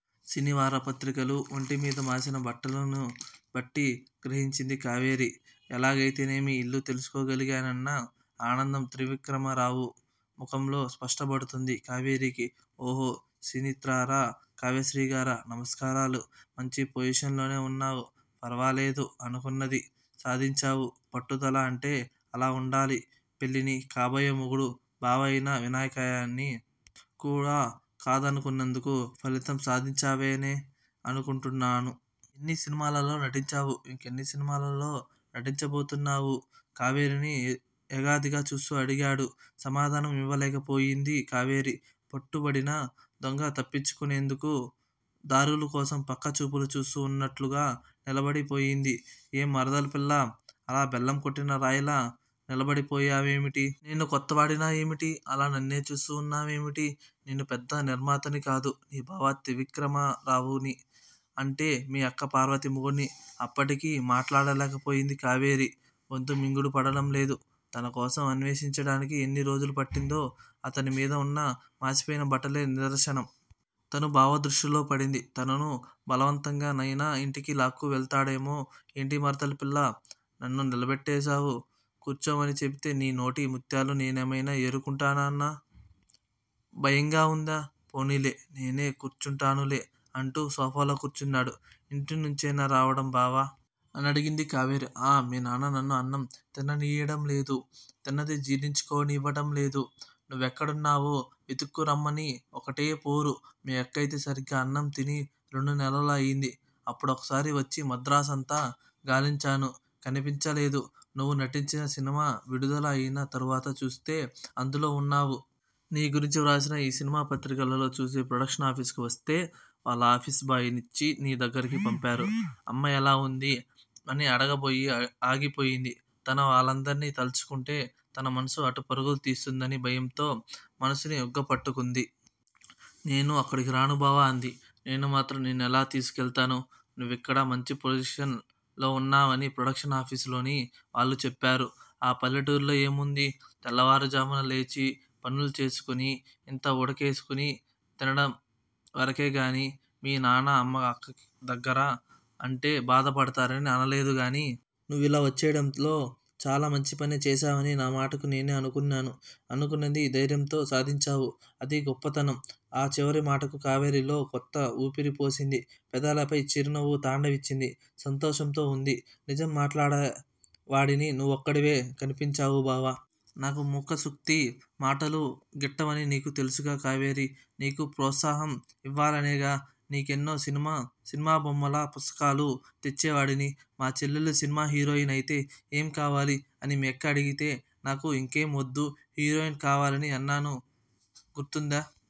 సినీవార పత్రికలు, వంటి మీద మాసిన బట్టలుని బట్టి గ్రహించింది కావేరి. ఎలాగయితేనేమి? ఇల్లు తెలుసుకోగలిగానన్న ఆనందం త్రివిక్రమరావు ముఖంలో స్పష్టపడుతోంది కావేరీకి. ఓహో? సినీతార కావ్యశ్రీగారా? నమస్కారాలు! మంచి పొజిషన్ లోనే వున్నావు. ఫరవాలేదు! అనుకున్నది సాధించావు. పట్టుదల అంటే అలా వుండాలి! పెళ్లిని, కాబోయే మొగుడూ బావ అయినా వినాయకాన్ని కూడా కాదనుకున్నందుకు ఫలితం సాధించావనే అనుకుంటున్నాను. ఎన్ని సినిమాలలో నటించావు? ఇంకెన్ని సినిమాలలో నటించబోతున్నావు? కావేరీని ఎగాదిగా చూస్తూ అడిగాడు. సమాధానం ఇవ్వలేకపోయింది కావేరి. పట్టుబడిన దొంగ తప్పించుకునేతందుకు దారులు కోసం పక్క చూపులు చూస్తూ వున్నట్లుగా నిలబడి పోయింది. ఏం మరదలు పిల్లా? అలా బెల్లం కొట్టిన రాయిలా నిలబడి పోయావేమిటి? నేను కొత్తవాడినా ఏమిటి? అలా నన్నే చూస్తూ వున్నావేమిటి? నేను పెద్ద నిర్మాతను కాదు! నీ బావ త్రివిక్రమరావుని! అంటే మీ అక్క పార్వతి మొగుడిని! అప్పటికీ మాట్లాడలేక పోయింది కావేరి! గొంతు మింగుడు పడటం లేదు. తన కోసం అన్వేషించటానికి ఎన్ని రోజులు పట్టిందో అతని మీద వున్న మాసిపోయిన బట్టలే నిదర్శనం! తను బావ దృష్టిలో పడింది, తనను బలవంతంగా నయినా యింటికి లాక్కు వెళ్ళుతాడేమో? ఏంటి మరదలు పిల్లా? నన్ను నిలబెట్టేశావు? కూర్చోమని చెప్పితే నీ నోటి ముత్యాలు నేనేమయినా ఏరుకుంటానన్న భయంగా వుందా? పోనీలే నేనే కూర్చుంటానులే! అంటూ సోఫాలో కూర్చున్నాడు. ఇంటినుంచేనా రావటం బావా? అనడిగింది కావేరి. ఆఁ మీ నాన్న నన్ను అన్నం తిననీయటం లేదు! తిన్నది జీర్ణం చేసుకోనివ్వటం లేదు! నువ్వెక్కడున్నావో? వెతుక్కు రమ్మనమని ఒక్కటే పోరు! మీ అక్కయితే సరిగ్గా అన్నంతిని రెండు నెలలు అయింది. అప్పుడొకసారి వచ్చి మద్రాసంతా గాలించాను. కనిపించలేదు. నువ్వు నటించిన సినిమా విడుదల అయినా తరువాత చూస్తే అందులో వున్నావు. నీ గురించి వ్రాసిన ఈ సినిమా పత్రికలులో చూసి ప్రొడక్షన్ ఆఫీసుకు వస్తే వాళ్ళ ఆఫీసు బాయ్ నిచ్చి నీ దగ్గిరకు పంపారు. అమ్మ ఎలా వుంది? అని అడగబోయి ఆగిపోయింది. తన వాళ్ళందరినీ తలుచుకుంటే తన మనసు అటు పరుగులు తీస్తుందన్న భయంతో మనసుని ఉగ్గపట్టుకుంది. నేను అక్కడకు రాను బావా! అంది. నేనుమాత్రం నిన్నెలా తీసుకెళ్ళతాను? నువ్విక్కడ మంచి పొజిషన్ లో వున్నావని ప్రొడక్షన్ ఆఫీసులోని వాళ్ళు చెప్పారు. ఆ పల్లెటూరిలో ఏముంది? తెల్లవారుఝామున లేచి పనులు చేసుకుని ఇంత ఉడకేసుకుని తినటం వరకే గాని! మీ నాన్న అమ్మ అక్క దగ్గిర అంటే బాధపడతారని అనలేదు గాని! నువ్విలా వచ్చేయటంలో చాలా మంచి పనే చేశావని నా మట్టుకు నేను అనుకున్నాను. అనుకున్నది ధైర్యంతో సాధించావు. అదీ గొప్పతనం. ఆ చివరి మాట కావేరీలో కొత్త ఊపిరి పోసింది. పెదాలపై చిరునవ్వు తాండవించింది. సంతోషంతో ఉంది. నిజం మాట్లాడే వాడిని నువ్వొక్కడివే కనిపించావు బావా! నాకు ముఖస్తుతి మాటలు గిట్టవని నీకూ తెలుసుగా కావేరీ? నీకు ప్రోత్సాహం ఇవ్వలనేగా నీకెన్నో సినిమా సినిమా బొమ్మల పుస్తకాలు తెచ్చేవాడిని! మా చెల్లెలు సినిమా హీరోయిన్ అయితే ఏం కావాలి? అని మీ అక్క అడిగితే, నాకు ఇంకేమీ వద్దు. హీరోయిన్ కావాలని అన్నాను గుర్తుందా?